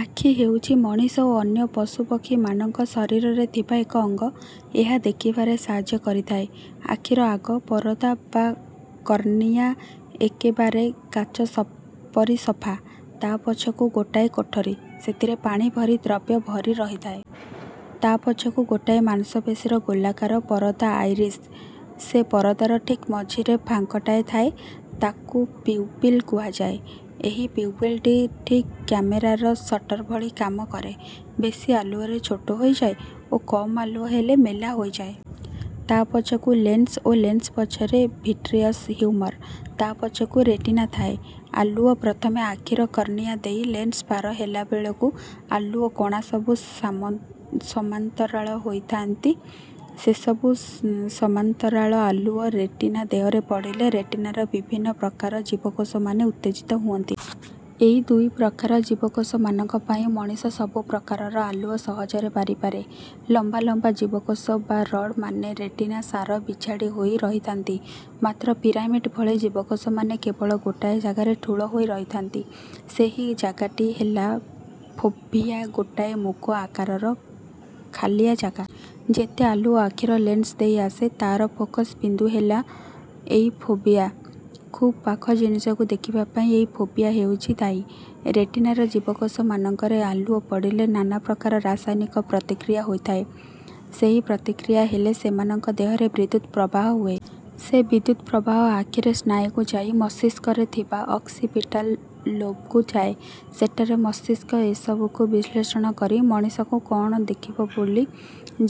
ଆଖି ହେଉଛି ମଣିଷ ଓ ଅନ୍ୟ ପଶୁପକ୍ଷୀମାନଙ୍କ ଶରୀରରେ ଥିବା ଏକ ଅଙ୍ଗ। ଏହା ଦେଖିବାରେ ସାହାଯ୍ୟ କରିଥାଏ। ଆଖିର ଆଗ ପରଦା ବା କର୍ନିଆ ଏକେବାରେ କାଚ ସ ପରି ସଫା। ତା' ପଛକୁ ଗୋଟାଏ କୋଠରୀ। ସେଥିରେ ପାଣି ଭରି ଦ୍ରବ୍ୟ ଭରି ରହିଥାଏ। ତା' ପଛକୁ ଗୋଟାଏ ମାଂସପେଶୀର ଗୋଲାକାର ପରଦା ଆଇରିସ୍। ସେ ପରଦାର ଠିକ୍ ମଝିରେ ଫାଙ୍କଟାଏ ଥାଏ। ତାକୁ ପିଉପିଲ୍ କୁହାଯାଏ। ଏହି ପିଉପିଲ୍‌ଟି ଠିକ୍ କ୍ୟାମେରାର ସଟର୍ ଭଳି କାମ କରେ। ବେଶି ଆଲୁଅରେ ଛୋଟ ହୋଇଯାଏ ଓ କମ୍ ଆଲୁଅ ହେଲେ ମେଲା ହୋଇଯାଏ। ତା' ପଛକୁ ଲେନ୍ସ ଓ ଲେନ୍ସ ପଛକୁ ଭିଟ୍ରିୟସ୍ ହ୍ୟୁମର୍, ତା' ପଛକୁ ରେଟିନା ଥାଏ। ଆଲୁଅ ପ୍ରଥମେ ଆଖିର କର୍ନିଆ ଦେଇ ଲେନ୍ସ ପାର ହେଲା ବେଳକୁ ଆଲୁଅ କଣାସବୁ ସମାନ୍ତରାଳ ହୋଇଯାଆନ୍ତି। ସେସବୁ ସମାନ୍ତରାଳ ଆଲୁଅ ରେଟିନା ଦେହରେ ପଡ଼ିଲେ ରେଟିନାର ବିଭିନ୍ନ ପ୍ରକାରର ଜୀବକୋଷମାନେ ଉତ୍ତେଜିତ ହୁଅନ୍ତି। ଏଇ ଦୁଇ ପ୍ରକାର ଜୀବକୋଷମାନଙ୍କ ପାଇଁ ମଣିଷ ସବୁ ପ୍ରକାରର ଆଲୁଅ ସହଜରେ ବାରିପାରେ। ଲମ୍ବା ଲମ୍ବା ଜୀବକୋଷ ବା ରଡ୍‌ମାନେ ରେଟିନା ସାରା ବିଛାଡ଼ିହୋଇ ରହିଥାନ୍ତି। ମାତ୍ର ପିରାମିଡ୍ ଭଳି ଜୀବକୋଷମାନେ କେବଳ ଗୋଟାଏ ଜାଗାରେ ଠୁଳ ହୋଇ ରହିଥାନ୍ତି। ସେଇ ଜାଗାଟି ହେଲା ଫୋଭିଆ ଗୋଟାଏ ମୁଗ ଆକାରର ଖାଲିଆ ଜାଗା। ଯେତେ ଆଲୁଅ ଆଖିର ଲେନ୍ସ ଦେଇ ଆସେ, ତା'ର ଫୋକସ୍ ବିନ୍ଦୁ ହେଲା ଏଇ ଫୋଭିଆ। ଖୁବ୍ ପାଖ ଜିନିଷକୁ ଦେଖିବା ପାଇଁ ଏଇ ଫୋଭିଆ ହେଉଛି ଦାୟୀ। ରେଟିନାର ଜୀବକୋଷମାନଙ୍କରେ ଆଲୁଅ ପଡ଼ିଲେ ନାନା ପ୍ରକାର ରାସାୟନିକ ପ୍ରତିକ୍ରିୟା ହୋଇଯାଏ। ସେଇ ପ୍ରତିକ୍ରିୟା ହେଲେ ସେମାନଙ୍କ ଦେହରେ ବିଦ୍ୟୁତ୍ ପ୍ରବାହ ହୁଏ। ସେ ବିଦ୍ୟୁତ୍ ପ୍ରବାହ ଆଖିର ସ୍ନାୟୁକୁ ଯାଇ ମସ୍ତିଷ୍କରେ ଥିବା ଅକ୍ସିପିଟାଲ୍ ଲୋବ୍‌କୁ ଯାଏ। ସେଠାରେ ମସ୍ତିଷ୍କ ଏସବୁକୁ ବିଶ୍ଳେଷଣ କରି ମଣିଷକୁ କ'ଣ ଦେଖିଲା ବୋଲି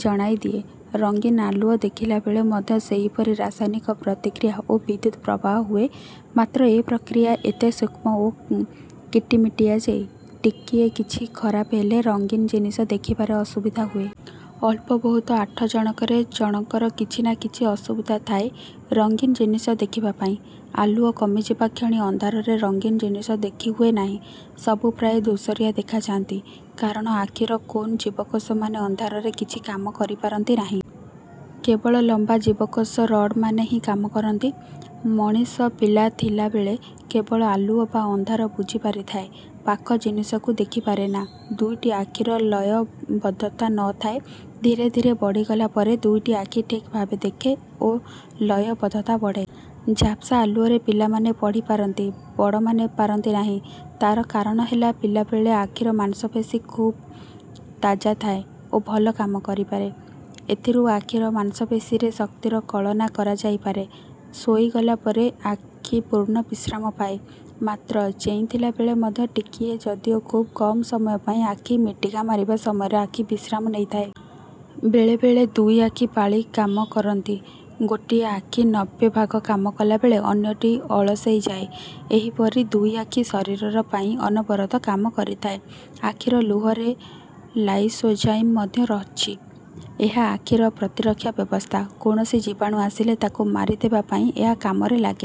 ଜଣାଇଦିଏ। ରଙ୍ଗୀନ ଆଲୁଅ ଦେଖିଲା ବେଳେ ମଧ୍ୟ ସେହିପରି ରାସାୟନିକ ପ୍ରତିକ୍ରିୟା ଓ ବିଦ୍ୟୁତ୍ ପ୍ରବାହ ହୁଏ। ମାତ୍ର ଏ ପ୍ରତିକ୍ରିୟା ଏତେ ସୂକ୍ଷ୍ମ ଓ କିଟିମିଟିଆ ଯେ, ଟିକିଏ କିଛି ଖରାପ ହେଲେ ରଙ୍ଗୀନ ଜିନିଷ ଦେଖିବାର ଅସୁବିଧା ହୁଏ। ଅଳ୍ପ ବହୁତ ଆଠ ଜଣକରେ ଜଣଙ୍କର କିଛି ନା କିଛି ଅସୁବିଧା ଥାଏ ରଙ୍ଗୀନ ଜିନିଷ ଦେଖିବା ପାଇଁ। ଆଲୁଅ କମିଯିବା କ୍ଷଣି ଅନ୍ଧାରରେ ରଙ୍ଗୀନ ଜିନିଷ ଦେଖିହୁଏ ନାହିଁ। ସବୁ ପ୍ରାୟ ଧୂସରିଆ ଦେଖାଯାଆନ୍ତି; କାରଣ ଆଖିର କୋନ୍ ଜୀବକୋଷମାନେ ଅନ୍ଧାରରେ କିଛି କାମ କରିପାରନ୍ତି ନାହିଁ। କେବଳ ଲମ୍ବା ଜୀବକୋଷ ରଡ୍‌ମାନେ ହିଁ କାମ କରନ୍ତି। ମଣିଷ ପିଲା ଥିଲା ବେଳେ କେବଳ ଆଲୁଅ ବା ଅନ୍ଧାର ବୁଝିପାରିଥାଏ। ପାଖ ଜିନିଷକୁ ଦେଖିପାରେନା। ଦୁଇଟି ଆଖିର ଲୟବଦ୍ଧତା ନ ଥାଏ। ଧୀରେ ଧୀରେ ବଢ଼ିଗଲା ପରେ ଦୁଇଟି ଆଖି ଠିକ୍ ଭାବରେ ଦେଖେ ଓ ଲୟବଦ୍ଧତା ବଢ଼େ। ଝାପ୍ସା ଆଲୁଅରେ ପିଲାମାନେ ପଢ଼ିପାରନ୍ତି, ବଡ଼ମାନେ ପାରନ୍ତି ନାହିଁ। ତା'ର କାରଣ ହେଲା, ପିଲାବେଳେ ଆଖିର ମାଂସପେଶୀ ସବୁ ଖୁବ୍ ତାଜା ଥାଏ ଓ ଭଲ କାମ କରିପାରେ। ଏଥିରୁ ଆଖିର ମାଂସପେଶୀର ଶକ୍ତିର କଳନା କରାଯାଇପାରେ। ଶୋଇଗଲା ପରେ ଆଖି ପୂର୍ଣ୍ଣ ବିଶ୍ରାମ ପାଏ। ମାତ୍ର ଚେଇଁଥିଲା ବେଳେ ମଧ୍ୟ ଟିକିଏ ଟିକିଏ ଯଦିଓ ଖୁବ୍ କମ୍ ସମୟ ପାଇଁ ଆଖି ମିଟିକା ମାରିବା ସମୟଟାରେ ଆଖି ବିଶ୍ରାମ ନେଇଥାଏ। ବେଳେବେଳେ ଦୁଇ ଆଖି ପାଳି କରି କାମ କରନ୍ତି। ଗୋଟିଏ ଆଖି ନବେ ଭାଗ କାମ କଲା ବେଳେ ଅନ୍ୟଟି ଅଳସେଇ ଯାଏ। ଏହିପରି ଦୁଇ ଆଖି ଶରୀର ପାଇଁ ଅନବରତ କାମ କରିଥାଏ। ଆଖିର ଲୁହରେ ଲାଇସୋଜାଇମ୍ ମଧ୍ୟ ଅଛି, ଏହା ଆଖିର ପ୍ରତିରକ୍ଷା ବ୍ୟବସ୍ଥା। କୌଣସି ଜୀବାଣୁ ଆସିଲେ ତାକୁ ମାରିଦେବା ପାଇଁ ଏହା କାମରେ ଲାଗେ।